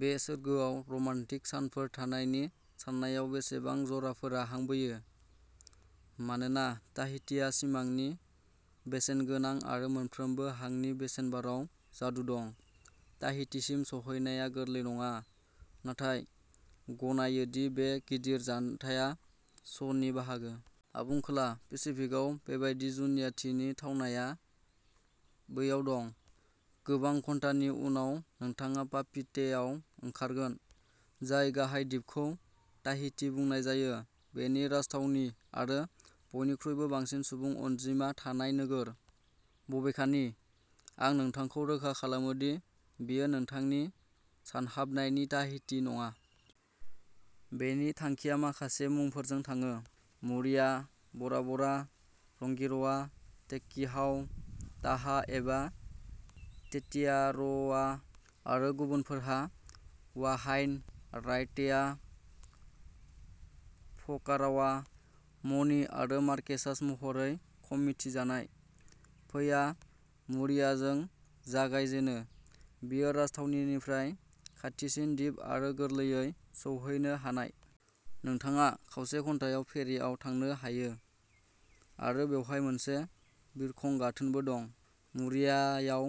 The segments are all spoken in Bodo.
बे सोरगोआव रमान्टिक सानफोर थानायनि साननायाव बेसेबां जराफोरा हां बोयो? मानोना ताहितिआ सिमांनि बेसेनगोनां आरो मोनफ्रोमबो हांनि बेसेन बाराव जादु दं। ताहितिसिम सौहैनाया गोरलै नङा नाथाय गनायो दि बे गिदिर जानथाया श'नि बाहागो। आबुं खोला पेसिफिकआव बेबादि जुनियाथिनि थावनाया बैयाव दं। गोबां घन्टानि उनाव नोंथाङा पापीटेआव ओंखारगोन, जाय गाहाय दिपखौ ताहिति बुंनाय जायो बेनि राजथावनि आरो बयनिख्रुइबो बांसिन सुबुं अनजिमा थानाय नोगोर। बबेखानि, आं नोंथांखौ रोखा खालामो दि बेयो नोंथांनि सानहाबनायनि "ताहिति" नङा। बेनि थांखिया माखासे मुंफोरजों थाङो। मुरिया, बरा बरा, रंगिर'आ, टिकेहाउ, ताहा एबा तेतियार'आ आरो गुबुनफोरा हुआहाइन, रायतेया, फकारावा, मनि आरो मार्केसास महरै खम मिथिजानाय। फैया मुरियाजों जागाय जेनो। बेयो राजथावनिनिफ्राय खाथिसिन दिप आरो गोरलैयै सौहैनो हानाय। नोंथाङा खावसे घन्टायाव फेरिआव थांनो हायो आरो बेवहाय मोनसे बिरखं गाथोनबो दं। मुरियाआव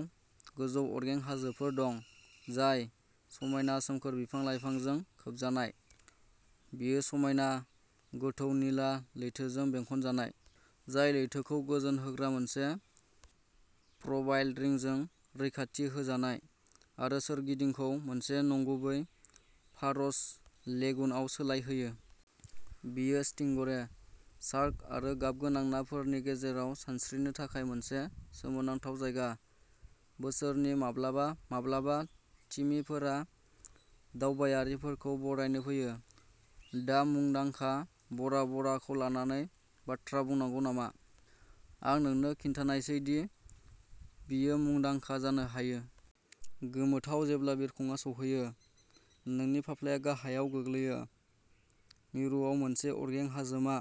गोजौ अरगें हाजोफोर दं, जाय समायना सोमखोर बिफां-लाइफांजों खोबजानाय। बेयो समायना, गोथौ निला लैथोजों बेंखनजानाय, जाय लैथोखौ गोजोन होग्रा मोनसे प्रबाइल रिंजों रैखाथि होजानाय आरो सोरगिदिंखौ मोनसे नंगुबै फारज लेगुनआव सोलायहोयो। बेयो स्टिंगरे, शार्क आरो गाबगोनां नाफोरनि गेजेराव सानस्रिनो थाखाय मोनसे सोमोनांथाव जायगा। बोसोरनि माब्लाबा माब्लाबा, तिमिफोरा दावबायारिफोरखौ बरायनो फैयो। दा मुंदांखा बरा बराखौ लानानै बाथ्रा बुंनांगौ नामा? आं नोंनो खिन्थानायसै दि बेयो मुंदांखा जानो हायो। गोमोथाव जेब्ला बिरखंआ सौहैयो, नोंनि फाफ्लाया गाहायाव गोग्लैयो। मिरुआव मोनसे अरगें हाजोमा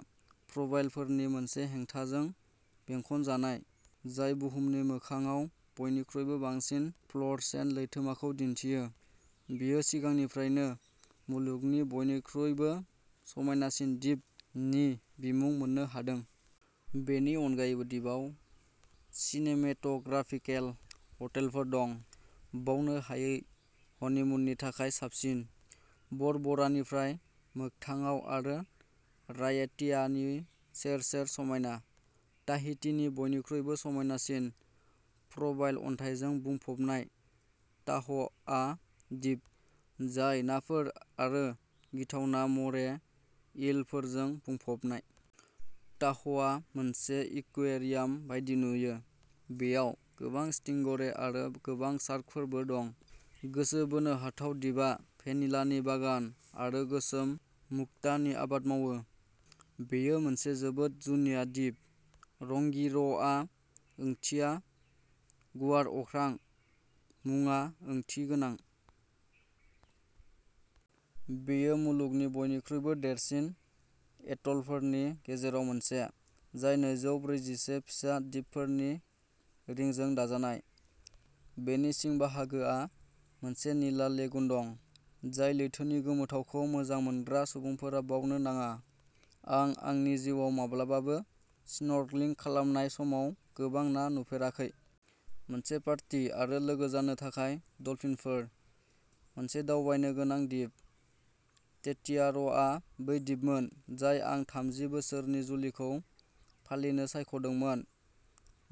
प्रबालफोरनि मोनसे हेंथाजों बेंखनजानाय जाय बुहुमनि मोखांआव बयनिख्रुइबो बांसिन फ्ल'रसेन्ट लैथोखौ दिन्थियो। बेयो सिगांनिफ्रायनो "मुलुगनि बयनिख्रुइबो समायनासिन दिप" नि बिमुं मोननो हादों। बेनि अनगायैबो दिपआव सिनेमेट'ग्राफिकेल हटेलफोर दं। बावनो हायै हनिमुननि थाखाय साबसिन। बर बरानिफ्राय मोगथाङाव आरो रायेटियानि सेर-सेर समायना। ताहितिनि बयनिख्रुइबो समायनासिन प्रबाइल अन्थाइजों बुंफबनाय ताह'आ दिप, जाय नाफोर आरो गिथावना मरे ईलफोरजों बुंफबनाय। ताह'आ मोनसे एकुयेरियाम बायदि नुयो। बेयाव गोबां स्टिंगरे आरो गोबां शार्कफोरबो दं। गोसो बोनो हाथाव दिपा भेनिलानि बागान आरो गोसोम मुक्तानि आबाद मावो। बेयो मोनसे जोबोद जुनिया दिप। रंगिर'आ ओंथिया "गुवार अख्रां"। मुङा ओंथिगोनां। बेयो मुलुगनि बयनिख्रुइबो देरसिन एट'लफोरनि गेजेराव मोनसे, जाय नैजौ ब्रैजिसे फिसा दिपफोरनि रिंजों दाजानाय। बेनि सिं बाहागोआ मोनसे निला लेगुन दं, जाय लैथोनि गोमोथावखौ मोजां मोनग्रा सुबुंफोरा बावनो नाङा। आं आंनि जिउआव माब्लाबाबो स्नर्कलिं खालामनाय समाव गोबां ना नुफेराखै। मोनसे पार्टी आरो लोगो जानो थाखाय डलफिनफोर। मोनसे दावबायनो गोनां दिप। तेतियार'आ बै दिपमोन जायखौ आं थामजि बोसोरनि जुलिखौ फालिनो सायख'दोंमोन।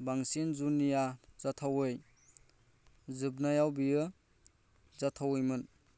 बांसिन जुनिया जाथावै, जोबनायाव, बेयो जाथावैमोन।